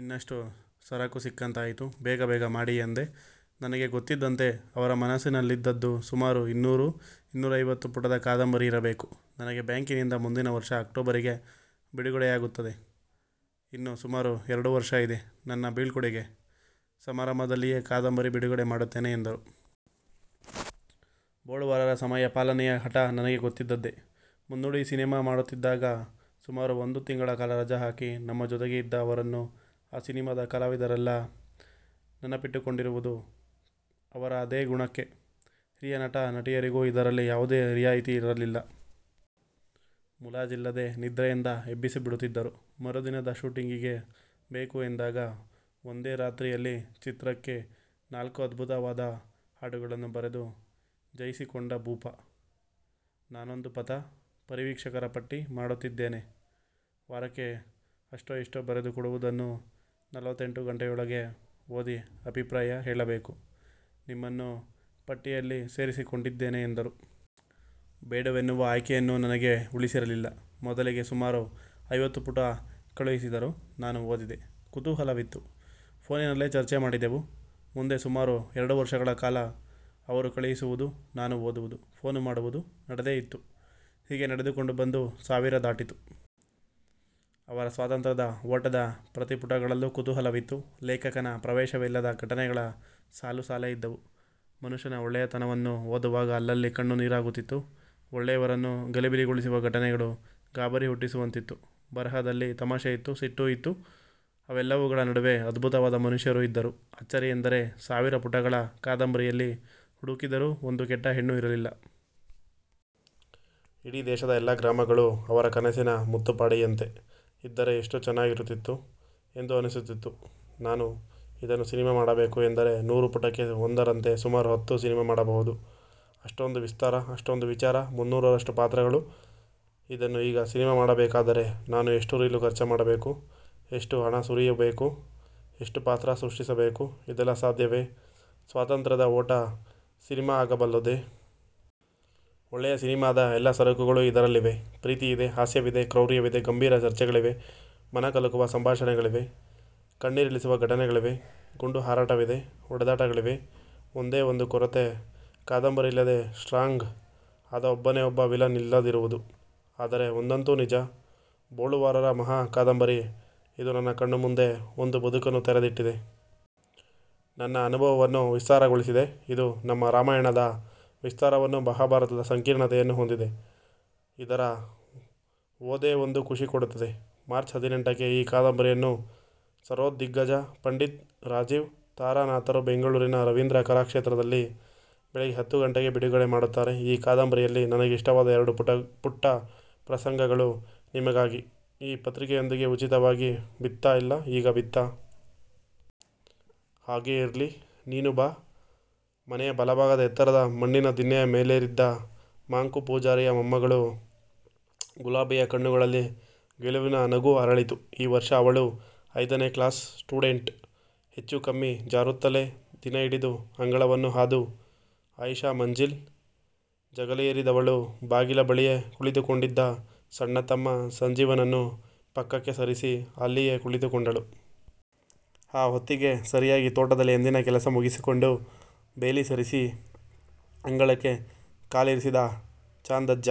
ಇನ್ನಷ್ಟು ಸರಕು ಸಿಕ್ಕಂತಾಯಿತು ಬೇಗ ಬೇಗ ಮಾಡಿ' ಎಂದೆ. ನನಗೆ ಗೊತ್ತಿದ್ದಂತೆ ಅವರ ಮನಸ್ಸಿನಲ್ಲಿದ್ದದ್ದು ಸುಮಾರು ಇನ್ನೂರು ಇನ್ನೂರೈವತ್ತು ಪುಟದ ಕಾದಂಬರಿ ಇರಬೇಕು. ನನಗೆ ಬ್ಯಾಂಕಿನಿಂದ ಮುಂದಿನ ವರ್ಷ ಅಕ್ಟೋಬರಿಗೆ ಬಿಡುಗಡೆಯಾಗುತ್ತದೆ. ಇನ್ನು ಸುಮಾರು ಎರಡು ವರ್ಷ ಇದೆ. ನನ್ನ ಬೀಳ್ಕೊಡುಗೆ ಸಮಾರಂಭದಲ್ಲಿಯೇ ಕಾದಂಬರಿ ಬಿಡುಗಡೆ ಮಾಡುತ್ತೇನೆ ಎಂದರು. ಬೊಳುವಾರರ ಸಮಯ ಪಾಲನೆಯ ಹಠ ನನಗೆ ಗೊತ್ತಿದ್ದದ್ದೇ. ಮುನ್ನುಡಿ ಸಿನೆಮಾ ಮಾಡುತ್ತಿದ್ದಾಗ ಸುಮಾರು ಒಂದು ತಿಂಗಳ ಕಾಲ ರಜ ಹಾಕಿ ನಮ್ಮ ಜೊತೆಗೆ ಇದ್ದ ಅವರನ್ನು ಆ ಸಿನೆಮಾದ ಕಲಾವಿದರೆಲ್ಲ ನೆನಪಿಟ್ಟುಕೊಂಡಿರುವುದು ಅವರ ಅದೇ ಗುಣಕ್ಕೆ. ಹಿರಿಯ ನಟ ನಟಿಯರಿಗೂ ಇದರಲ್ಲಿ ಯಾವುದೇ ರಿಯಾಯಿತಿ ಇರಲಿಲ್ಲ. ಮುಲಾಜಿಲ್ಲದೆ ನಿದ್ರೆಯಿಂದ ಎಬ್ಬಿಸಿಬಿಡುತ್ತಿದ್ದರು. ಮರುದಿನದ ಶೂಟಿಂಗಿಗೆ ಬೇಕು ಎಂದಾಗ ಒಂದೇ ರಾತ್ರಿಯಲ್ಲಿ ಚಿತ್ರಕ್ಕೆ ನಾಲ್ಕು ಅದ್ಭುತವಾದ ಹಾಡುಗಳನ್ನು ಬರೆದು ಜೈಸಿಕೊಂಡ ಭೂಪ. ನಾನೊಂದು ಪಥ ಪರಿವೀಕ್ಷಕರ ಪಟ್ಟಿ ಮಾಡುತ್ತಿದ್ದೇನೆ. ವಾರಕ್ಕೆ ಅಷ್ಟೋ ಇಷ್ಟೋ ಬರೆದು ಕೊಡುವುದನ್ನು ನಲವತ್ತೆಂಟು ಗಂಟೆಯೊಳಗೆ ಓದಿ ಅಭಿಪ್ರಾಯ ಹೇಳಬೇಕು. ನಿಮ್ಮನ್ನು ಪಟ್ಟಿಯಲ್ಲಿ ಸೇರಿಸಿಕೊಂಡಿದ್ದೇನೆ ಎಂದರು. ಬೇಡವೆನ್ನುವ ಆಯ್ಕೆಯನ್ನೂ ನನಗೆ ಉಳಿಸಿರಲಿಲ್ಲ. ಮೊದಲಿಗೆ ಸುಮಾರು ಐವತ್ತು ಪುಟ ಕಳುಹಿಸಿದರು. ನಾನು ಓದಿದೆ. ಕುತೂಹಲವಿತ್ತು. ಫೋನಿನಲ್ಲೇ ಚರ್ಚೆ ಮಾಡಿದೆವು. ಮುಂದೆ ಸುಮಾರು ಎರಡು ವರ್ಷಗಳ ಕಾಲ ಅವರು ಕಳುಹಿಸುವುದು ನಾನು ಓದುವುದು, ಫೋನು ಮಾಡುವುದು ನಡೆದೇ ಇತ್ತು. ಹೀಗೇ ನಡೆದುಕೊಂಡು ಬಂದು ಸಾವಿರ ದಾಟಿತು. ಅವರ ಸ್ವಾತಂತ್ರ್ಯದ ಓಟದ ಪ್ರತಿ ಪುಟಗಳಲ್ಲೂ ಕುತೂಹಲವಿತ್ತು. ಲೇಖಕನ ಪ್ರವೇಶವಿಲ್ಲದ ಘಟನೆಗಳ ಸಾಲು ಸಾಲೇ ಇದ್ದವು. ಮನುಷ್ಯನ ಒಳ್ಳೆಯತನವನ್ನು ಓದುವಾಗ ಅಲ್ಲಲ್ಲಿ ಕಣ್ಣು ನೀರಾಗುತ್ತಿತ್ತು. ಒಳ್ಳೆಯವರನ್ನು ಗಲಿಬಿಲಿಗೊಳಿಸುವ ಘಟನೆಗಳು ಗಾಬರಿ ಹುಟ್ಟಿಸುವಂತಿತ್ತು. ಬರಹದಲ್ಲಿ ತಮಾಷೆಯಿತ್ತು, ಸಿಟ್ಟು ಇತ್ತು, ಅವೆಲ್ಲವುಗಳ ನಡುವೆ ಅದ್ಭುತವಾದ ಮನುಷ್ಯರು ಇದ್ದರು. ಅಚ್ಚರಿಯೆಂದರೆ ಸಾವಿರ ಪುಟಗಳ ಕಾದಂಬರಿಯಲ್ಲಿ ಹುಡುಕಿದರೂ ಒಂದು ಕೆಟ್ಟ ಹೆಣ್ಣು ಇರಲಿಲ್ಲ. ಇಡೀ ದೇಶದ ಎಲ್ಲ ಗ್ರಾಮಗಳೂ ಅವರ ಕನಸಿನ ಮುತ್ತುಪ್ಪಾಡಿಯಂತೆ ಇದ್ದರೆ ಎಷ್ಟು ಚೆನ್ನಾಗಿರುತ್ತಿತ್ತು ಎಂದು ಅನ್ನಿಸುತ್ತಿತ್ತು. ನಾನು ಇದನ್ನು ಸಿನಿಮಾ ಮಾಡಬೇಕು ಎಂದರೆ ನೂರು ಪುಟಕ್ಕೆ ಒಂದರಂತೆ ಸುಮಾರು ಹತ್ತು ಸಿನಿಮಾ ಮಾಡಬಹುದು. ಅಷ್ಟೊಂದು ವಿಸ್ತಾರ, ಅಷ್ಟೊಂದು ವಿಚಾರ, ಮುನ್ನೂರರಷ್ಟು ಪಾತ್ರಗಳು. ಇದನ್ನು ಈಗ ಸಿನೆಮಾ ಮಾಡಬೇಕಾದರೆ, ನಾನು ಎಷ್ಟು ರೀಲು ಖರ್ಚು ಮಾಡಬೇಕು, ಎಷ್ಟು ಹಣ ಸುರಿಯಬೇಕು, ಎಷ್ಟು ಪಾತ್ರ ಸೃಷ್ಟಿಸಬೇಕು ಇದೆಲ್ಲ ಸಾಧ್ಯವೇ ಸ್ವಾತಂತ್ರ್ಯದ ಓಟ ಸಿನೆಮಾ ಆಗಬಲ್ಲುದೆ? ಒಳ್ಳೆಯ ಸಿನೆಮಾದ ಎಲ್ಲ ಸರಕುಗಳೂ ಇದರಲ್ಲಿವೆ. ಪ್ರೀತಿಯಿದೆ, ಹಾಸ್ಯವಿದೆ, ಕ್ರೌರ್ಯವಿದೆ, ಗಂಭೀರ ಚರ್ಚೆಗಳಿವೆ, ಮನಕಲಕುವ ಸಂಭಾಷಣೆಗಳಿವೆ. ಕಣ್ಣೀರಿಳಿಸುವ ಘಟನೆಗಳಿವೆ. ಗುಂಡು ಹಾರಾಟವಿದೆ. ಹೊಡೆದಾಟಗಳಿವೆ. ಒಂದೇ ಒಂದು ಕೊರತೆ ಕಾದಂಬರಿಯಲ್ಲಿ ಸ್ಟ್ರಾಂಗ್ ಆದ ಒಬ್ಬನೇ ಒಬ್ಬ ವಿಲನ್ ಇಲ್ಲದಿರುವುದು, ಆದರೆ ಒಂದಂತೂ ನಿಜ. ಬೊಳುವಾರರ ಮಹಾ ಕಾದಂಬರಿ ಇದು ನನ್ನ ಕಣ್ಣ ಮುಂದೆ ಒಂದು ಬದುಕನ್ನು ತೆರೆದಿಟ್ಟಿದೆ. ನನ್ನ ಅನುಭವವನ್ನು ವಿಸ್ತಾರಗೊಳಿಸಿದೆ. ಇದು ನಮ್ಮ ರಾಮಾಯಣದ ವಿಸ್ತಾರವನ್ನೂ, ಮಹಾಭಾರತದ ಸಂಕೀರ್ಣತೆಯನ್ನೂ ಹೊಂದಿದೆ. ಇದರ ಓದೇ ಒಂದು ಖುಷಿ ಕೊಡುತ್ತದೆ. ಮಾರ್ಚ್ ಹದಿನೆಂಟಕ್ಕೆ ಈ ಕಾದಂಬರಿಯನ್ನು ಸರೋದ್ ದಿಗ್ಗಜ ಪಂಡಿತ್ ರಾಜೀವ್ ತಾರಾನಾಥರು ಬೆಂಗಳೂರಿನ ರವೀಂದ್ರ ಕಲಾಕ್ಷೇತ್ರದಲ್ಲಿ ಬೆಳಗ್ಗೆ ಹತ್ತು ಗಂಟೆಗೆ ಬಿಡುಗಡೆ ಮಾಡುತ್ತಾರೆ. ಈ ಕಾದಂಬರಿಯಲ್ಲಿ ನನಗೆ ಇಷ್ಟವಾದ ಎರಡು ಪುಟ್ಟ ಪ್ರಸಂಗಗಳು ನಿಮಗಾಗಿ, ಈ ಪತ್ರಿಕೆಯೊಂದಿಗಿ ಉಚಿತವಾಗಿ ಬಿತ್ತಾ ಇಲ್ಲ 'ಈಗ ಬಿತ್ತಾ? ಹಾಗೇ ಇರ್ಲಿ, ನೀನು ಬಾ. ಮನೆಯ ಬಲಭಾಗದ ಎತ್ತರದ ಮಣ್ಣಿನ ದಿನ್ನೆಯ ಮೇಲೇರಿದ್ದ ಮಾಂಕು ಪೂಜಾರಿಯ ಮೊಮ್ಮಗಳು ಗುಲಾಬಿಯ ಕಣ್ಣುಗಳಲ್ಲಿ ಗೆಲುವಿನ ನಗು ಅರಳಿತು. ಈ ವರ್ಷ ಅವಳು ಐದನೇ ಕ್ಲಾಸ್ ಸ್ಟೂಡೆಂಟ್. ಹೆಚ್ಚು ಕಮ್ಮಿ ಜಾರುತ್ತಲೇ ದಿನ್ನೆಯಿಳಿದು ಅಂಗಳವನ್ನು ಹಾದು 'ಆಯಿಷಾ ಮಂಜಿಲ್' ಜಗಲಿಯೇರಿದವಳು ಬಾಗಿಲ ಬಳಿಯೇ ಕುಳಿತುಕೊಂಡಿದ್ದ ಸಣ್ಣತಮ್ಮ ಸಂಜೀವನನ್ನು ಪಕ್ಕಕ್ಕೆ ಸರಿಸಿ ಅಲ್ಲಿಯೇ ಕುಳಿತುಕೊಂಡಳು. ಆ ಹೊತ್ತಿಗೆ ಸರಿಯಾಗಿ ತೋಟದಲ್ಲಿ ಎಂದಿನ ಕೆಲಸ ಮುಗಿಸಿಕೊಂಡು ಬೇಲಿ ಸರಿಸಿ ಅಂಗಳಕ್ಕೆ ಕಾಲಿರಿಸಿದ ಚಾಂದಜ್ಜ,